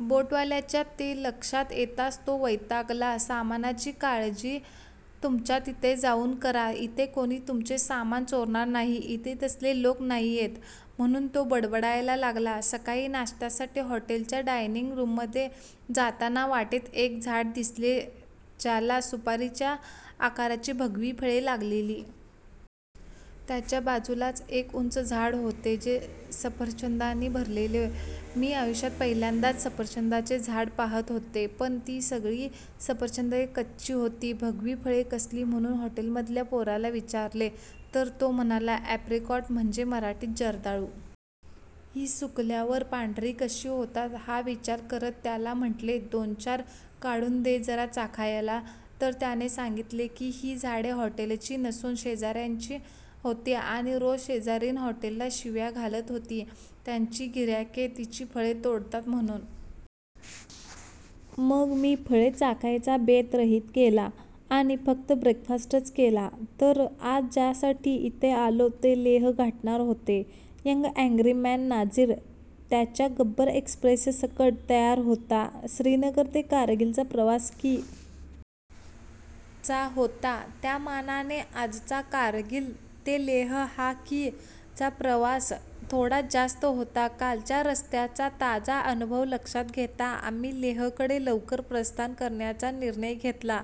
बोटवाल्याच्या ते लक्षात येताच तो वैतागला. 'सामानाची काळजी तुमच्या तिथे जाऊन करा, इथे कोणी तुमचे सामान चोरणार नाही, इथे तसले लोक नाहीयेत' म्हणुन तो बडबडायला लागला. सकाळी नाश्त्यासाठी हॉटेलच्या डायनिंग रुममध्ये जाताना वाटेत एक झाड दिसले ज्याला सुपारीच्या आकाराची भगवी फळे लागलेली. त्याच्या बाजुलाच एक उंच झाड होते जे सफरचंदानी भरलेले.. मी आयुष्यात पहिल्यांदाच सफरचंदाचे झाड पाहात होते. पण ती सगळी सफरचंदे कच्ची होती. भगवी फळे कसली म्हणुन हॉटेलमधल्या पोराला विचारले तर तो म्हणाला अॅप्रिकॉट म्हणजे मराठीत जर्दाळू. ही सुकल्यावर पांढरी कशी होतात हा विचार करत त्याला म्हटले दोनचार काढुन दे जरा चाखायला. तर त्याने सांगितले की ही झाडे हॉटेलची नसुन शेजा-याची होती आणि रोज शेजारीण हॉटेलला शिव्या घालत होती, त्यांची गि-हाईके तिची फळे तोडतात म्हणुन. मग मी फळे चाखायचा बेत रहित केला आणि फक्त ब्रेकफास्टच केला. तर आज ज्यासाठी इथे आलो ते लेह गाठणार होते. यंग अँग्री मॅन नाझिर त्याच्या गब्बर एक्प्रेससकट तयार होता. श्रीनगर ते कारगीलचा प्रवास कि. चा होता. त्या मानाने आजचा कारगील ते लेह हा कि. चा प्रवास थोडा जास्त होता. कालच्या रस्त्याचा ताजा अनुभव लक्षात घेता, आम्ही लेह कडे लवकर प्रस्थान करण्याचा निर्णय घेतला.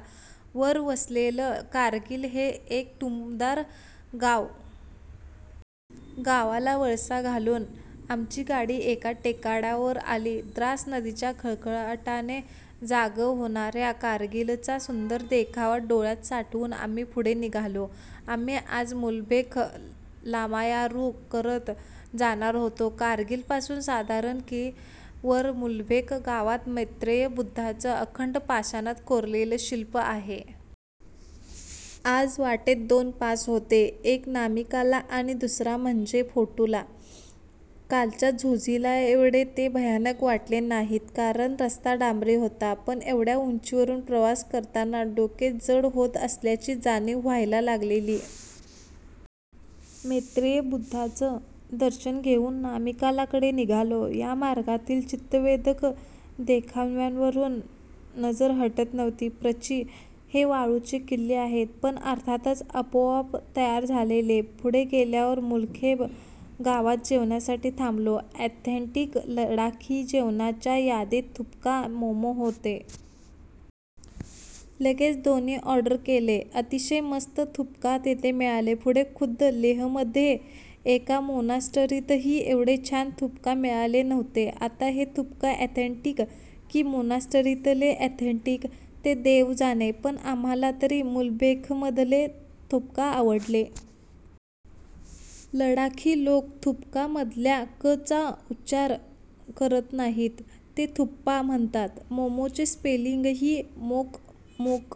वर वसलेल कारगील हे एक टुमदार गाव.. गावाला वळसा घालुन आमची गाडी एका टेकाडावर आली. द्रास नदीच्या खळखळाटाने जागं होणार्या कारगीलचा सुंदर देखावा डोळ्यात साठवुन आम्ही पुढे निघालो. आम्ही आज मुलबेख लामायारु करत जाणार होतो. कारगील पासून साधारण कि. वर मुलबेख गावात मैत्रेय बुद्धाच अखंड पाषाणात कोरललं शिल्प आहे. आज वाटेत दोन पास होते. एक नामिकाला आणि दुसरा म्हणजे फोटुला.. कालच्या झोझिलाएवढे ते भयानक वाटले नाहीत कारण रस्ता डांबरी होता. पण एवढ्या उंचीवरुन प्रवास करताना डोके जड होत असल्याची जाणिव व्हायला लागलेली. मैत्रेय बुद्धाच दर्शन घेऊन नमिकाला कडे निघालो. या मार्गातील चित्तवेधक देखाव्यांवरुन नजर हटत नव्हती. प्रचि हे वाळूचे किल्ले आहेत. पण अर्थातच आपोआप तयार झालेले. पुढे गेल्यावर मुलखेब गावात जेवणासाठी थांबलो. ऑथेंटिक लडाखी जेवणाच्या यादीत थुपका, मोमो होते. लगेच दोन्ही ऑर्डर केले. अतिशय मस्त थुप्का तिथे मिळाले. पुढे खुद्द लेहमध्ये एका मोनास्टरीतही एवढे छान थुपका मिळाले नव्हते. आता हे थुपका ऑथेंटिक की मोनास्टरीतले ऑथेंटिक ते देव जाणे पण आम्हाला तरी मुलबेखमधले थुप्का आवडले. लडाखी लोक थुपका मधल्या क चा उच्चार करत नाहीत. ते थुप्पा म्हणतात. मोमो चे स्पेलिंगही मोक मोक